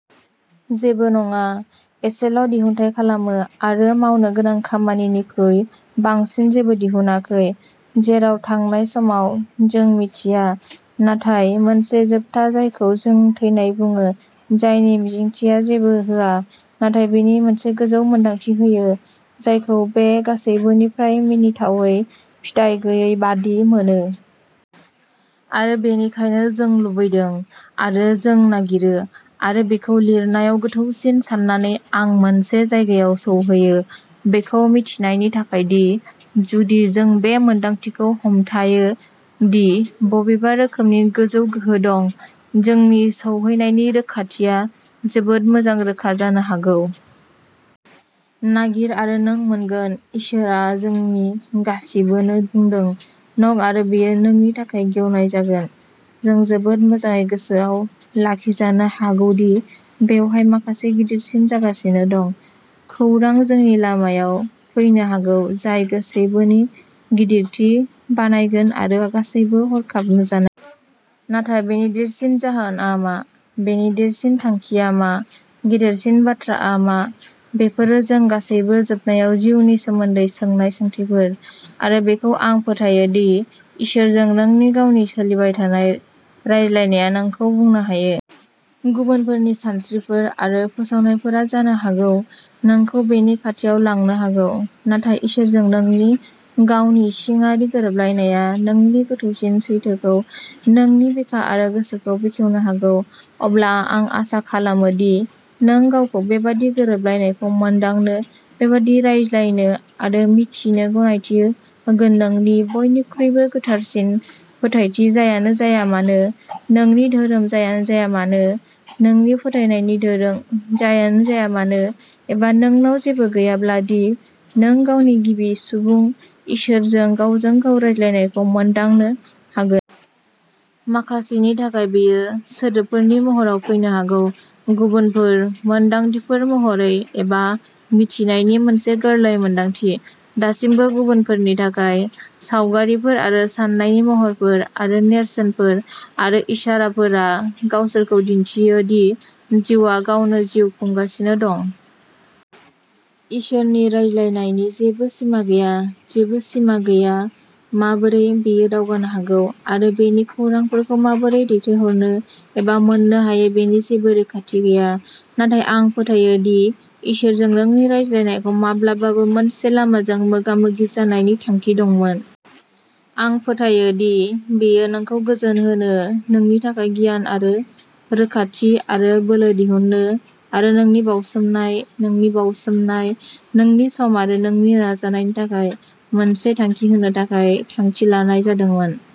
जेबो नङा, एसेल'दिहुन्थाय खालामो, आरो "मावनो गोनां खामानि" निख्रुइ बांसिन जेबो दिहुनाखै, जेराव थांनाय समाव, जों मिथिया, नाथाय मोनसे जोबथा जायखौ जों थैनाय बुङो-जायनि मिजिंथिया जेबो होआ नाथाय बेनि मोनसे गोजौ मोनदांथि होयो, जायखौ बे गासैबोनि फ्राय मिनिथावै फिथाइ गैयै बादि मोनो। आरो बेनिखायनो जों लुबैदों, आरो जों नागिरो। आरो बेखौ लिरनायाव गोथौसिन सान्नानै, आं मोनसे जायगायाव सौहैयो, बेखौ मिथिनायनि थाखाय दि जुदि जों बे मोनदांथिखौ हमथायो दि बबेबा रोखोमनि गोजौ गोहो दं, जोंनि सौहैनायनि रोखाथिया जोबोद मोजां रोखा जानो हागौ। नागिर आरो नों मोनगोन, इसोरआ जोंनि गासिबोनो बुंदों। न'क आरो बेयो नोंनि थाखाय गेवनाय जागोन। जों जोबोद मोजाङै गोसोआव लाखिजानो हागौ दि बेवहाय माखासे गिदिरसिन जागासिनो दं। खौरां जोंनि लामायाव फैनो हागौ जाय गासैबोनि "गिदिरथि" बानायगोन आरो गासैबो हरखाब नुजानाय। नाथाय बेनि देरसिन जाहोनआ मा? बेनि देरसिन थांखिया मा? गेदेरसिन बाथ्राआ मा? बेफोरो जों गासैबो जोबनायाव जिउनि सोमोन्दै सोंनाय सोंथिफोर। आरो बेखौ आं फोथायो दि इसोरजों नोंनि गावनि सोलिबाय थानाय रायज्लायनाया नोंखौ बुंनो हायो। गुबुनफोरनि सानस्रिफोर आरो फोसावनायफोरा जानो हागौ नोंखौ बेनि खाथियाव लांनो हागौ, नाथाय इसोरजों नोंनि गावनि इसिङारि गोरोबलायनाया नोंनि गोथौसिन सैथोखौ नोंनि बिखा आरो गोसोखौ बेखेवनो हागौ। अब्ला, आं आसा खालामो दि नों गावखौ बेबादि गोरोबलायनायखौ मोनदांनो, बेबादि रायज्लायनो, आरो मिथिनो गनायथि होगोननोंनि बयनिख्रुइबो गोथारसिन फोथायथि जायानो जाया मानो, नोंनि धोरोम जायानो जाया मानो, नोंनि फोथायनायनि दोरों जायानो जाया मानो, एबा नोंनाव जेबो गैयाब्लादि नों गावनि गिबि-सुबुं, इसोरजों गावजों गाव रायज्लायनायखौ मोनदांनो हागोन। माखासेनि थाखाय बेयो सोदोबफोरनि महराव फैनो हागौ। गुबुनफोर, मोन्दांथिफोर महरै, एबा "मिथिनायनि" मोनसे गोरलै मोनदांथि। दासिमबो गुबुनफोरनि थाखाय, सावगारिफोर आरो साननायनि महरफोर आरो नेरसोनफोर आरो इसाराफोरा गावसोरखौ दिन्थियो दि जिउआ गावनो जिउ खुंगासिनो दं। इसोरनि "रायज्लायनाय" नि जेबो सिमा गैया, जेबो सिमा गैया, "माबोरै" बेयो दावगानो हागौ आरो बेनि खौरांफोरखौ माबोरै दैथायहरनो एबा मोन्नो हायो बेनि जेबो रोखाथि गैया। नाथाय आं फोथायो दि इसोरजों नोंनि रायज्लायनायखौ माब्लाबाबो मोनसे-लामाजों मोगा-मोगि जानायनि थांखि दंमोन। आं फोथायो दि बेयो नोंखौ गोजोन होनो, नोंनि थाखाय गियान आरो रोखाथि आरो बोलो दिहुननो, आरो नोंनि बाउसोमनाय, नोंनि बाउसोमनाय, नोंनि सम आरो नोंनि नाजानायनि थाखाय मोनसे थांखि होनो थाखाय थांखि लानाय जादोंमोन।